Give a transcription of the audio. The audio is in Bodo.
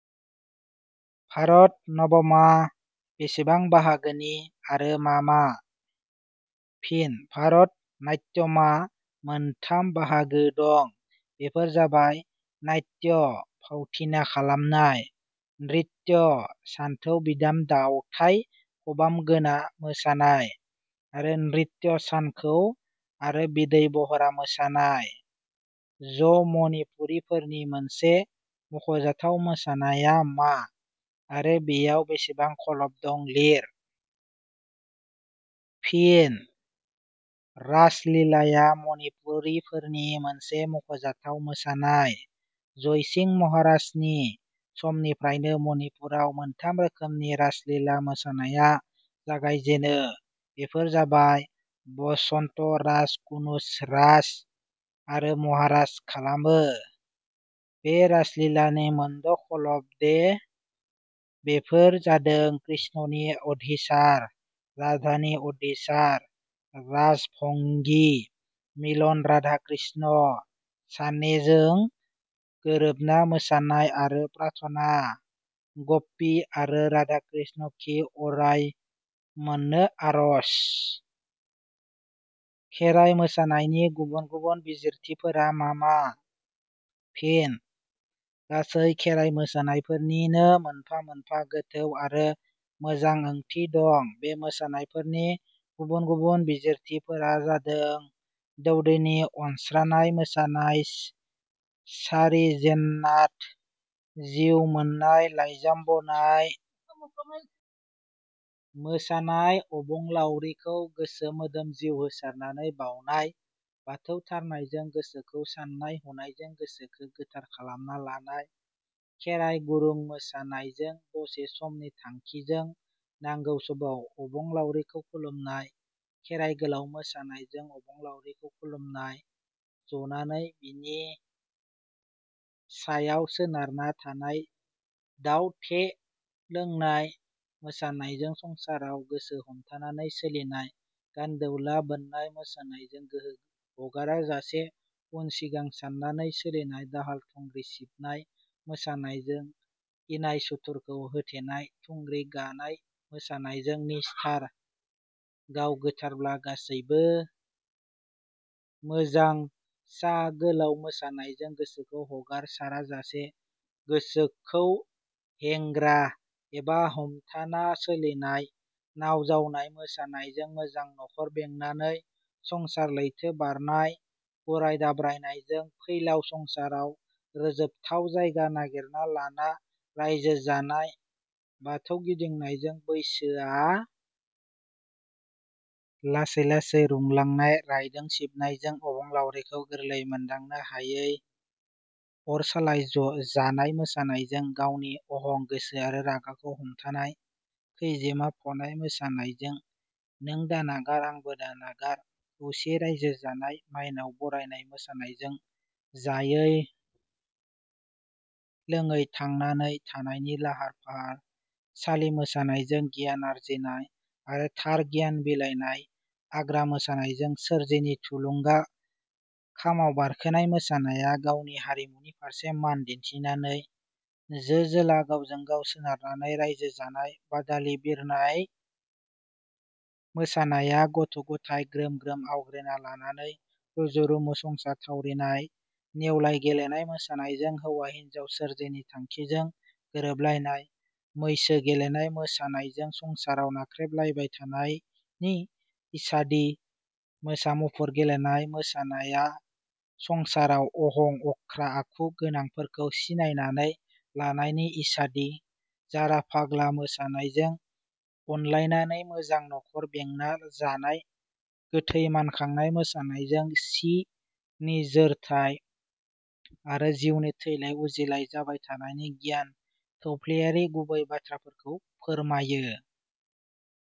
भारत नबमा बेसेबां बाहागोनि आरो मा मा? फिन भारत नात्यमा मोनथाम बाहागो दं। बेफोर जाबाय- नात्य- फावथिना खालामनाय। नृत्य सानथौ बिदाम दावथाइ खबामगोना मोसानाय आरो नृत्य सानखौ आरो बिदै बहरा मोसानाय। ज मनिपुरीफोरनि मोनसे मखजाथाव मोसानाया मा आरो बेयाव बेसेबां खलब दं लिर। फिनः रासलिलाया मनिपुरीफोरनि मोनसे मख'जाथाव मोसानाय जयसिंह महाराजनि समनिफ्रायनो मनिपुराव मोनथाम रोखोमनि रासलिला मोसानाया जागायजेनो बेफोर जाबाय बसन्त रास कुनज रास आरो महारास खालामो। बे रासलिलानि मोनद' खलब दे बेफोर जादों कृष्णनि अधिसार राधानि अधिसार रास भंगी मिलन राधा कृष्ण सानेजों गोरोबना मोसानाय आरो प्रार्थना गप्पी आरो राधानि कृष्णखी अराय मोननो आरज। खेराय मोसानायनि गुबुन गुबुन बिजिरथिफोरा मा मा? फिन: गासै खेराइ मोसानायफोरनिनो मोनफा मोनफा गोथौ आरो मोजां ओंथि दं बे मोसानायफोरनि गुबुन गुबुन बिजिरथिफोरा जादों- दौदिनि अनस्रानाय मोसानाय सारि जेननाथ, जिउ मोननाय लाइजाम बनाय मोसानाय अबलाउरिखौ गोसो मोदोम जिउ होसारनानै बाउनाय, बाथौ थारनायजों गोसोखौ साननाय हनायजों गोसोखो गोथार खालामना लानाय खेराइ गुरुं मोसानायजों दसे समनि थांखिजों नांगौ समाव अबंलावरिखौ खुलुमनाय खेराइ गोलाउ मोसानायजों अबलावरिखौ खुलुमनाय, जनानै बिनि सायाव सोनारना थानाय दाउ थे लोंनाय मोसानायजों संसाराव गोसो हमथानानै सोलिनाय, गान्दौला बोननाय मोसानायजों गोहो हगाराजासे उन-सिंगा साननानै सोलिनाय दाहाल- थुंग्रि सिबनाय मोसानायजों इनाय सुथुरखौ होथेनाय थुंग्रि गानाय मोसानायजों निस्थार, गाव गोथारब्ला गासैबो मोजां सा गोलाउ मोसानायजों गोसोखौ हगारसाराजासे गोसोखौ हेंग्रा एबा हमथाना सोलिनाय नाव जावनाय मोसानायजों मोजां नखर बेंनानै संसार लैथो बारनाय गराइ दाब्रायनायजों फैलाव संसाराव रोजोबथाव जायगा नागिरना लाना रायजो जानाय बाथौ गिदिंनायजों बैसोआ लासै लासै रुंलांनाय रायदों सिबनायजों अबलावारिखौ गोरलैयै मोनदांनो हायै अर सालाइ जानाय मोसानायजों गावनि अहं गोसो आरो रागाखौ हमथानाय खेजोमा फनाय मोसानायजों नों दानागार आंबो दानागार खौसेयै रायजो जानाय मायनाव बरायनाय मोसानायजों जायै लोङै थांनानै थानायनि लाहार फाहार सालि मोसानायजों गियान आरजिनाय आरो थार गियान बिलायनाय आग्रा मोसानायजों सोरजिनि थुलुंगा खामाव बारखोनाय मोसानाया गावनि हारिमुनि फारसे मान दिन्थिनानै जो-जोला गावजों गाव सोनारनानै रायजो जानाय बादालि बिरनाय मोसानाया गथ- गथाइ ग्रोम ग्रोम आवग्रिना लानानै रुजु रुमु संसार थावरिनाय नेवलाइ गेलेनाय मोसानायजों हौवा हिनजाव सोरजिनि थाखिजों गोरोबलायनाय मैसो गेलेनाय मोसानायजों संसाराव नाख्रेबलायबाय थानायनि इसादि मोसा मुफुर गेलेनाय मोसानाया संसाराव अहं, अख्रा आखु गोनांफोरखौ सिनायनानै लानायनि इसादि जाराफाला मोसानायजों अनलायनानै मोजां नखर बेंना जानाय गोथै मानखांनाय मोसानायजों सि नि जोरथाइ आरो जिउनि थैलाय उजिलाय जाबाय थानायनि गियान थौफ्लेयारि गुबै बाथ्राफोरखौ फोरमायो।